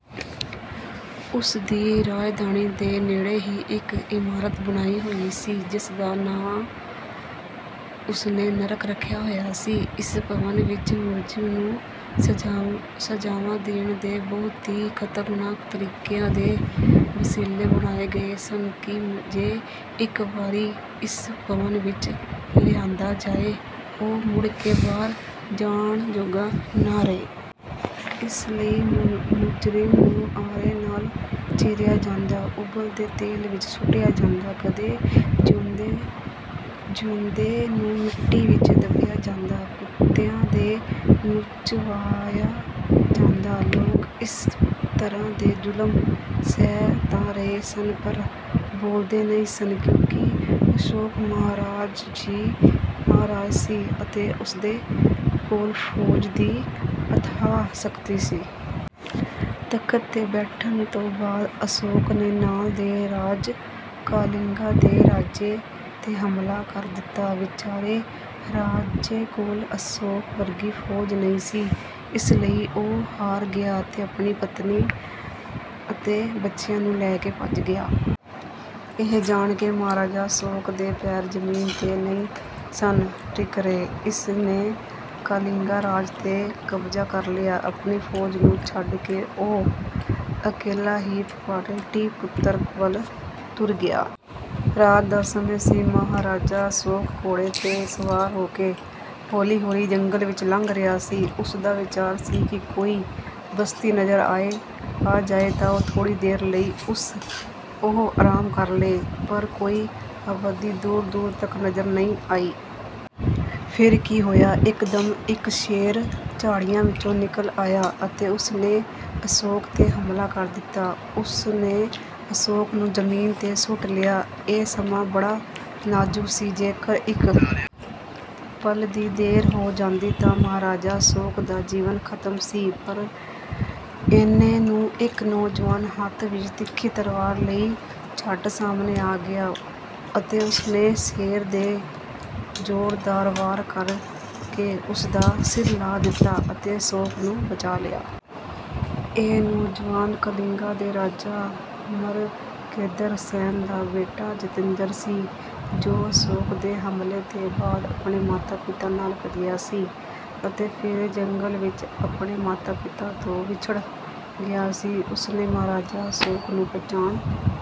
ਉਸ ਦੀ ਰਾਜਧਾਨੀ ਦੇ ਨੇੜੇ ਹੀ ਇੱਕ ਇਮਾਰਤ ਬਣਾਈ ਗਈ ਸੀ ਜਿਸ ਦਾ ਨਾਂ ਉਸ ਨੇ 'ਨਰਕ' ਰੱਖਿਆ ਹੋਇਆ ਸੀ। ਇਸ ਭਵਨ ਵਿੱਚ ਮੁਜਰਿਮ ਨੂੰ ਸਜ਼ਾਵਾਂ ਦੇਣ ਦੇ ਬਹੁਤ ਹੀ ਖ਼ਤਰਨਾਕ ਤਰੀਕਿਆਂ ਦੇ ਵਸੀਲੇ ਬਣਾਏ ਗਏ ਸਨ ਕਿ ਜੋ ਇੱਕ ਵਾਰੀ ਇਸ ਭਵਨ ਵਿੱਚ ਲਿਆਂਦਾ ਜਾਏ ਉਹ ਮੁੜ ਕੇ ਬਾਹਰ ਜਾਣ ਜੋਗਾ ਨਾ ਰਹੇ। ਇਸ ਲਈ ਮੁਜਰਿਮ ਨੂੰ ਆਰੇ ਨਾਲ਼ ਚੀਰਿਆ ਜਾਂਦਾ, ਉਬਲਦੇ ਤੇਲ ਵਿੱਚ ਸੁੱਟਿਆ ਜਾਂਦਾ, ਕਦੇ ਜਿਉਂਦੇ ਨੂੰ ਮਿੱਟੀ ਵਿੱਚ ਦੱਬਿਆ ਜਾਂਦਾ, ਕੁੱਤਿਆਂ ਤੋਂ ਨੁਚਵਾਇਆ ਜਾਂਦਾ। ਲੋਕ ਇਸ ਤਰ੍ਹਾਂ ਦੇ ਜ਼ੁਲਮ ਸਹਿ ਤਾਂ ਰਹੇ ਸਨ ਪਰ ਬੋਲਦੇ ਨਹੀਂ ਸਨ ਕਿਉਂਕਿ ਅਸ਼ੋਕ ਮਹਾਰਾਜਾ ਸੀ ਅਤੇ ਉਹਦੇ ਕੋਲ ਫ਼ੌਜ ਦੀ ਅਥਾਹ ਸ਼ਕਤੀ ਸੀ। ਤਖ਼ਤ 'ਤੇ ਬੈਠਣ ਤੋਂ ਬਾਅਦ ਅਸ਼ੋਕ ਨੇ ਨਾਲ਼ ਦੇ ਰਾਜ ਕਾਲਿੰਗਾ ਦੇ ਰਾਜੇ 'ਤੇ ਹਮਲਾ ਕਰ ਦਿੱਤਾ। ਵਿਚਾਰੇ ਰਾਜੇ ਕੋਲ ਅਸ਼ੋਕ ਵਰਗੀ ਫ਼ੌਜ ਨਹੀਂ ਸੀ, ਇਸ ਲਈ ਉਹ ਹਾਰ ਗਿਆ ਅਤੇ ਆਪਣੀ ਪਤਨੀ ਅਤੇ ਬੱਚਿਆਂ ਨੂੰ ਲੈ ਕੇ ਭੱਜ ਗਿਆ। ਇਹ ਜਾਣ ਕੇ ਮਹਾਰਾਜਾ ਅਸ਼ੋਕ ਦੇ ਪੈਰ ਜ਼ਮੀਨ 'ਤੇ ਨਹੀਂ ਸਨ ਟਿਕ ਰਹੇ। ਉਸ ਨੇ ਕਾਲਿੰਗਾ ਰਾਜ 'ਤੇ ਕਬਜ਼ਾ ਕਰ ਲਿਆ। ਆਪਣੀ ਫ਼ੌਜ ਨੂੰ ਛੱਡ ਕੇ ਉਹ ਇਕੱਲਾ ਹੀ ਪਾਟਲੀਪੁੱਤਰ ਵੱਲ ਤੁਰ ਪਿਆ। ਰਾਤ ਦਾ ਸਮਾਂ ਸੀ, ਮਹਾਰਾਜਾ ਅਸ਼ੋਕ ਘੋੜੇ 'ਤੇ ਸਵਾਰ ਹੋ ਕੇ ਹੌਲੀ-ਹੌਲੀ ਜੰਗਲ ਵਿੱਚੋਂ ਲੰਘ ਰਿਹਾ ਸੀ। ਉਹਦਾ ਵਿਚਾਰ ਸੀ ਕਿ ਕੋਈ ਬਸਤੀ ਨਜ਼ਰ ਆ ਜਾਏ ਤਾਂ ਥੋੜ੍ਹੀ ਦੇਰ ਲਈ ਉਹ ਆਰਾਮ ਕਰ ਲਏ ਪਰ ਕੋਈ ਆਬਾਦੀ ਦੂਰ-ਦੂਰ ਤੱਕ ਨਜ਼ਰ ਨਹੀਂ ਆਈ। ਫਿਰ ਕੀ ਹੋਇਆ, ਇੱਕਦਮ ਇੱਕ ਸ਼ੇਰ ਝਾੜੀਆਂ ਵਿੱਚੋਂ ਨਿਕਲ ਆਇਆ ਅਤੇ ਉਸ ਨੇ ਅਸ਼ੋਕ 'ਤੇ ਹਮਲਾ ਕਰ ਦਿੱਤਾ। ਉਸ ਨੇ ਅਸ਼ੋਕ ਨੂੰ ਜ਼ਮੀਨ 'ਤੇ ਸੁੱਟ ਲਿਆ। ਇਹ ਸਮਾਂ ਬੜਾ ਨਾਜ਼ੁਕ ਸੀ। ਜੇਕਰ ਇੱਕ ਪਲ ਦੀ ਦੇਰ ਹੋ ਜਾਂਦੀ ਤਾਂ ਮਹਾਰਾਜੇ ਅਸ਼ੋਕ ਦਾ ਜੀਵਨ ਖ਼ਤਮ ਸੀ ਪਰ ਏਨੇ ਨੂੰ ਇੱਕ ਨੌਜਵਾਨ ਹੱਥ ਵਿੱਚ ਤਿੱਖੀ ਤਲਵਾਰ ਲਈ ਝੱਟ ਸਾਹਮਣੇ ਆ ਗਿਆ ਅਤੇ ਉਸ ਨੇ ਸ਼ੇਰ 'ਤੇ ਜ਼ੋਰਦਾਰ ਵਾਰ ਕਰ ਕੇ ਉਸ ਦਾ ਸਿਰ ਲਾਹ ਦਿੱਤਾ ਅਤੇ ਅਸ਼ੋਕ ਨੂੰ ਬਚਾ ਲਿਆ। ਇਹ ਨੌਜਵਾਨ ਕਾਲਿੰਗਾ ਦੇ ਰਾਜਾ ਮਰਗੇਂਦਰ ਸੈਨ ਦਾ ਬੇਟਾ ਜਤਿੰਦਰ ਸੀ ਜੋ ਅਸ਼ੋਕ ਦੇ ਹਮਲੇ ਤੋਂ ਬਾਅਦ ਆਪਣੇ ਮਾਤਾ-ਪਿਤਾ ਨਾਲ਼ ਭੱਜਿਆ ਸੀ ਅਤੇ ਫਿਰ ਜੰਗਲ ਵਿੱਚ ਆਪਣੇ ਮਾਤਾ-ਪਿਤਾ ਤੋਂ ਵਿਛੜ ਗਿਆ ਸੀ। ਉਸ ਨੇ ਮਹਾਰਾਜੇ ਅਸ਼ੋਕ ਨੂੰ ਪਹਿਚਾਣ ਲਿਆ।